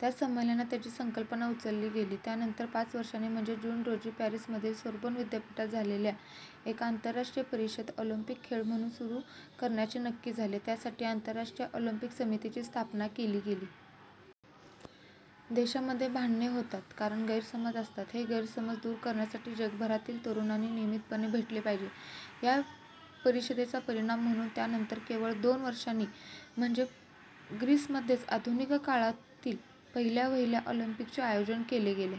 त्या संमेलनात त्याची कल्पना उचलली गेली. त्यानंतर पाच वर्षांनी म्हणजे जून रोजी पॅरिसमधील सोर्बोन विद्यापीठात झालेल्या एका आंतरराष्ट्रीय परिषदेत ऑलिम्पिक खेळ पुन्हा सुरू करण्याचे नक्की झाले. त्यासाठी आंतरराष्ट्रीय ऑलिम्पिक समितीची स्थापना केली गेली. देशांमध्ये भांडणे होतात, कारण गैरसमज असतात. हे गैरसमज दूर होण्यासाठी जगभरातील तरुणांनी नियमितपणे भेटले पाहिजे! या परिषदेचा परिणाम म्हणून त्यानंतर केवळ दोन वर्षांनी म्हणजे मध्ये ग्रीसमध्येच आधुनिक काळातील पहिल्यावहिल्या ऑलिम्पिकचे आयोजन केले गेले.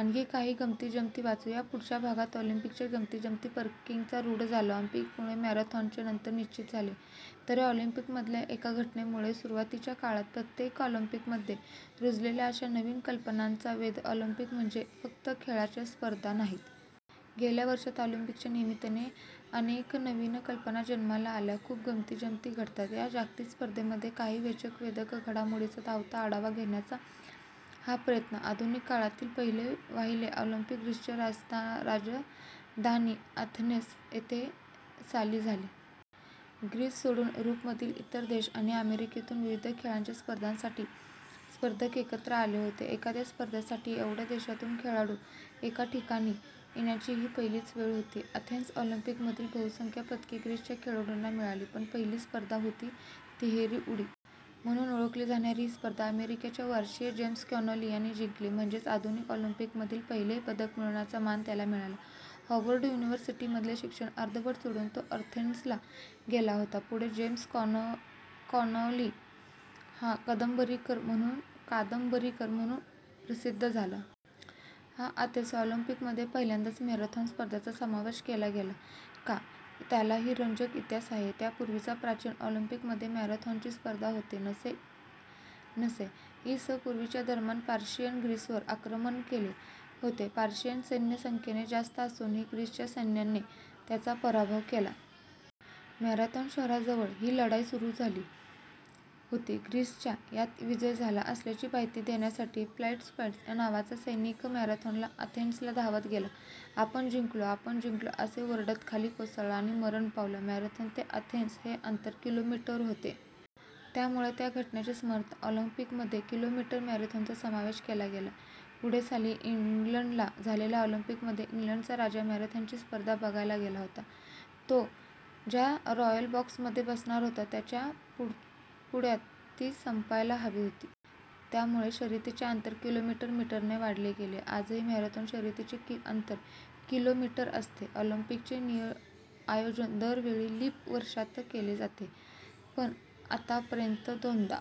आणखी काही गमतीजमती वाचू या पुढच्या भागात. ऑलिम्पिकच्या गमतीजमतीपार्किंगचा '' रूढ झाला ऑलिम्पिकमुळे. मॅरेथॉनचे अंतर निश्चित झाले तेही ऑलिम्पिकमधल्या एका घटनेमुळे. सुरुवातीच्या काळातील प्रत्येक ऑलिम्पिकमध्ये रुजलेल्या अशा नवीन कल्पनांचा वेध... ऑलिम्पिक म्हणजे फक्त खेळांच्या स्पर्धा नाहीत. गेल्या वर्षांत, ऑलिम्पिकच्या निमित्ताने अनेक नवीन कल्पना जन्माला आल्या. खूप गमती-जमती घडतात या जागतिक स्पर्धांमध्ये! काही वेचक, वेधक घडामोडींचा धावता आढावा घेण्याचा हा प्रयत्न- आधुनिक काळातील पहिले-वहिले ऑलिम्पिक ग्रीसची राजधानी अथेन्स येथे साली झाले. ग्रीस सोडून युरोपमधील इतर देश आणि अमेरिकेतून विविध खेळांच्या स्पर्धेसाठी स्पर्धक एकत्र आले होते. एखाद्या स्पर्धेसाठी एवढ्या देशांतून खेळाडू एका ठिकाणी येण्याची ही पहिलीच वेळ होती. अथेन्स ऑलिम्पिकमधली बहुसंख्य पदके ग्रीसच्या खेळाडूंना मिळाली, पण पहिली स्पर्धा होती, तिहेरी उडी. -- म्हणून ओळखली जाणारी ही स्पर्धा अमेरिकेच्या वर्षीय जेम्स कॉनोली याने जिंकली. म्हणजेच, आधुनिक ऑलिम्पिकमधील पहिले पदक मिळवण्याचा मान त्याला मिळाला. हॉवर्ड युनिव्हर्सिटीमधले शिक्षण अर्धवट सोडून तो अथेन्सला गेला होता. पुढे जेम्स कॉनोली हा कादंबरीकार म्हणून प्रसिद्ध झाला. या अथेन्स ऑलिम्पिकमध्ये पहिल्यांदाच मॅरेथॉन स्पर्धेचा समावेश केला गेला. का, त्यालाही रंजक इतिहास आहे. त्यापूर्वीच्या प्राचीन ऑलिम्पिकमध्ये मॅरेथॉनची स्पर्धा होत नसे. इ. स. पूर्व च्या दरम्यान पर्शियाने ग्रीसवर आक्रमण केले होते. पर्शियन सैन्य संख्येने जास्त असूनही ग्रीसच्या सैन्याने त्यांचा पराभव केला. मॅरेथॉन शहराजवळ ही लढाई झाली होती. ग्रीकांचा यात विजय झाला असल्याची बातमी देण्यासाठी फाइडपाइड्स नावाचा सैनिक मॅरेथॉनहून अथेन्सला धावत गेला. 'आपण जिंकलो, आपण जिंकलो' असे ओरडत खाली कोसळला आणि मरण पावला. मॅरेथॉन ते अथेन्स हे अंतर किलोमीटर होते. त्यामुळे या घटनेच्या स्मरणार्थ ऑलिम्पिकमध्ये किलोमीटर मॅरेथॉनचा समावेश केला गेला. पुढे साली लंडनला झालेल्या ऑलिम्पिकमध्ये इंग्लंडचा राजा मॅरेथॉनची स्पर्धा बघायला गेला होता. तो ज्या रॉयल बॉक्समध्ये बसणार होता, त्याच्या पुढ्यात ती संपायला हवी होती. त्यामुळे शर्यतीचे अंतर किलोमीटर मीटरने वाढवले गेले. आजही मॅरेथॉन शर्यतीचे अंतर किलोमीटर असते. ऑलिम्पिकचे आयोजन दर वेळी लीप वर्षात केले जाते. पण आत्तापर्यंत दोनदा